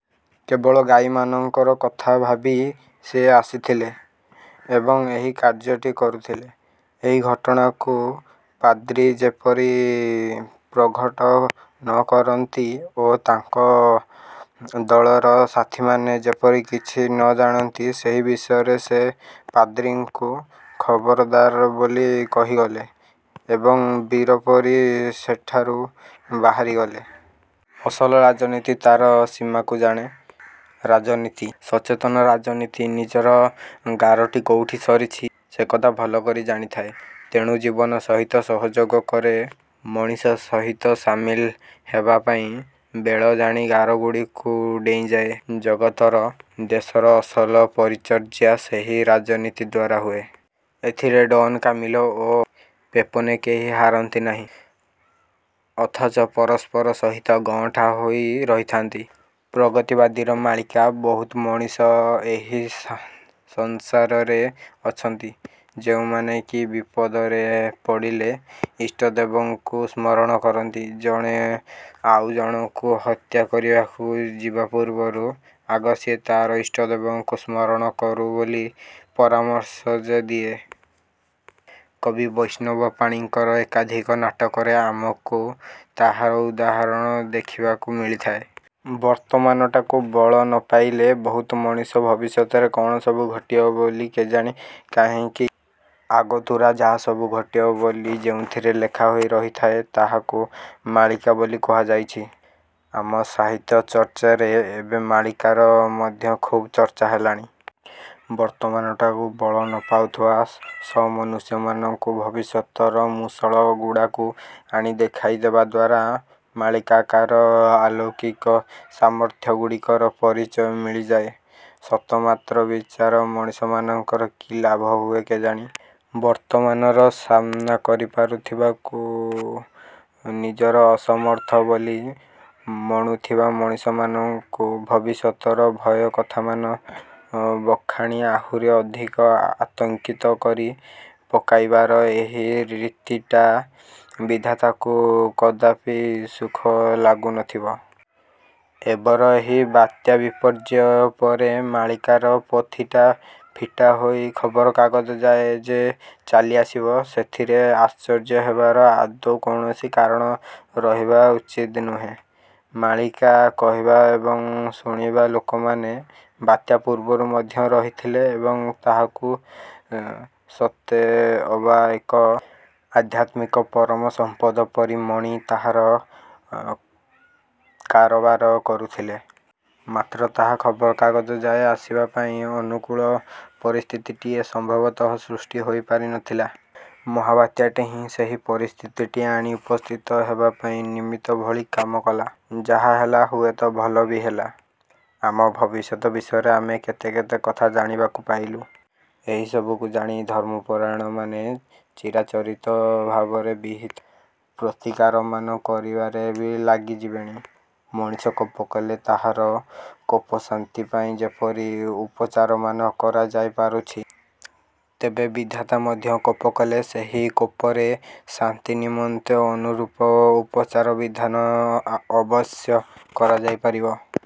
କେବଳ ଗାଈମାନଙ୍କର କଥା ଭାବି ସିଏ ଆସିଥିଲେ ଏବଂ ଏହି କାର୍ଯ୍ୟଟି କରୁଥିଲେ। ଏହି ଘଟଣାଟିକୁ ପାଦ୍ରୀ ଯେପରି ପ୍ରଘଟ ନକରନ୍ତି ଓ ତାଙ୍କ ଦଳର ସାଥୀମାନେ ଯେପରି କିଛି ନଜାଣନ୍ତି, ସେହି ବିଷୟରେ ସେ ପାଦ୍ରୀଙ୍କୁ ଖବରଦାର ବୋଲି କହିଗଲେ ଏବଂ ବୀର ପରି ସେଠାରୁ ବାହାରିଗଲେ। ଅସଲ ରାଜନୀତି ତା'ର ସୀମାକୁ ଜାଣେ। ରାଜନୀତି, ସଚେତନ ରାଜନୀତି ନିଜର ଗାରଟି କୋଉଠି ସରିଛି, ସେକଥା ଭଲକରି ଜାଣିଥାଏ ତେଣୁ ଜୀବନ ସହିତ ସହଯୋଗ କରେ, ମଣିଷ ସହିତ ସାମିଲ ହେବା ପାଇଁ ବେଳ ଜାଣି ଗାରଗୁଡ଼ିକୁ ଡ଼େଇଁଯାଏ। ଜଗତର, ଦେଶର ଅସଲ ପରିଚର୍ଯ୍ୟା ସେହି ରାଜନୀତି ଦ୍ୱାରା ହୁଏ। ଏଥିରେ ଡ଼ନ୍ କାମିଲୋ ଓ ପେପୋନେ କେହି ହାରନ୍ତି ନାହିଁ। ଅଥଚ ପରସ୍ପର ସହିତ ଗଅଁଠା ହୋଇ ରହିଥାନ୍ତି। ପ୍ରଗତିବାଦୀର ମାଳିକା ବହୁତ ମଣିଷ ଏହି ସଂସାରରେ ଅଛନ୍ତି, ଯେଉଁମାନେ କି ବିପଦରେ ପଡ଼ିଲେ ଇଷ୍ଟଦେବଙ୍କୁ ସ୍ମରଣ କରନ୍ତି। ଜଣେ ଆଉଜଣକୁ ହତ୍ୟା କରିବାକୁ ଯିବା ପୂର୍ବରୁ ଆଗ ସିଏ ତା'ର ଇଷ୍ଟଦେବଙ୍କୁ ସ୍ମରଣ କରୁ ବୋଲି ପରାମର୍ଶ ଯେ ଦିଏ, କବି ବୈଷ୍ଣବ ପାଣିଙ୍କର ଏକାଧିକ ନାଟକରେ ଆମକୁ ତାହାର ଉଦାହରଣ ଦେଖିବାକୁ ମିଳିଥାଏ। ବର୍ତ୍ତମାନଟାକୁ ବଳ ନପାଇଲେ ବହୁତ ମଣିଷ ଭବିଷ୍ୟତରେ କ'ଣ ସବୁ ଘଟିବ ବୋଲି କେଜାଣି କାହିଁକି? ଆଗତୁରା ଯାହାସବୁ ଘଟିବ ବୋଲି ଯେଉଁଥିରେ ଲେଖା ହୋଇ ରହିଥାଏ, ତାହାକୁ ମାଳିକା ବୋଲି କୁହାଯାଇଛି। ଆମ ସାହିତ୍ୟଚର୍ଚ୍ଚାରେ ଏବେ ମାଳିକାର ମଧ୍ୟ ଖୁବ୍ ଚର୍ଚ୍ଚା ହେଲାଣି। ବର୍ତ୍ତମାନଟାକୁ ବଳ ନପାଉଥିବା ସମନୁଷ୍ୟମାନଙ୍କୁ ଭବିଷ୍ୟତର ମୂଷଳଗୁଡ଼ାକୁ ଆଣି ଦେଖାଇଦେବା ଦ୍ୱାରା ମାଳିକାକାର ଆଲୌକିକ ସାମର୍ଥ୍ୟଗୁଡ଼ିକର ପରିଚୟ ମିଳିଯାଏ ସତ ମାତ୍ର ବିଚର ମଣିଷମାନଙ୍କର କି ଲାଭ ହୁଏ କେଜାଣି? ବର୍ତ୍ତମାନର ସାମ୍ନା କରିପାରୁଥିବାକୁ ନିଜର ଅସମର୍ଥ ବୋଲି ମଣୁଥିବା ମଣିଷମାନଙ୍କୁ ଭବିଷ୍ୟତର ଭୟକଥାମାନ ବଖାଣି ଆହୁରି ଅଧିକ ଆତଙ୍କିତ କରି ପକାଇବାର ଏହି ରୀତିଟା ବିଧାତାକୁ କଦାପି ସୁଖ ଲାଗୁନଥିବ। ଏବର ଏହି ବାତ୍ୟାବିପର୍ଯ୍ୟୟ ପରେ ମାଳିକାର ପୋଥିଟା ଫିଟା ହୋଇ ଖବରକାଗଜ ଯାଏ ଯେ ଚାଲିଆସିଲା, ସେଥିରେ ଆଶ୍ଚର୍ଯ୍ୟ ହେବାର ଆଦୌ କୌଣସି କାରଣ ରହିବା ଉଚିତ ନୁହେଁ। ମାଳିକା କହିବା ଏବଂ ଶୁଣିବା ଲୋକମାନେ ବାତ୍ୟା ପୂର୍ବରୁ ମଧ୍ୟ ରହିଥିଲେ ଏବଂ ତାହାକୁ ସତେଅବା ଏକ ଆଧ୍ୟାତ୍ମିକ ପରମ ସମ୍ପଦ ପରି ମଣି ତାହାର କାରବାର କରୁଥିଲେ। ମାତ୍ର ତାହା ଖବରକାଗଜ ଯାଏ ଆସିବା ପାଇଁ ଅନୁକୂଳ ପରିସ୍ଥିତିଟିଏ ସମ୍ଭବତଃ ସୃଷ୍ଟି ହୋଇନଥିଲା। ମହାବାତ୍ୟା ହିଁ ସେହି ପରିସ୍ଥିତିଟି ଆଣି ଉପସ୍ଥିତ ହେବା ପାଇଁ ନିମିତ୍ତ ଭଳି କାମ କଲା। ଯାହା ହେଲା, ହୁଏତ ଭଲ ବି ହେଲା। ଆମ ଭବିଷ୍ୟତ ବିଷୟରେ ଆମେ କେତେ କେତେ କଥା ଜାଣିବାକୁ ପାଇଲୁ। ଏହିସବୁକୁ ଜାଣି ଧର୍ମପରାୟଣମାନେ ଚିରାଚରିତ ଭାବରେ ବିହିତ ପ୍ରତିକାରମାନ କରିବାରେ ବି ଲାଗିଯିବେଣି। ମଣିଷ କୋପକଲେ ତାହାର କୋପଶାନ୍ତି ପାଇଁ ଯେପରି ଉପଚାରମାନ କରାଯାଇ ପାରୁଛି, ତେବେ ବିଧାତା ମଧ୍ୟ କୋପକଲେ ସେହି କୋପରେ ଶାନ୍ତି ନିମନ୍ତେ ଅନୁରୂପ ଉପଚାରବିଧାନ ଅବଶ୍ୟ କରାଯାଇପାରିବ।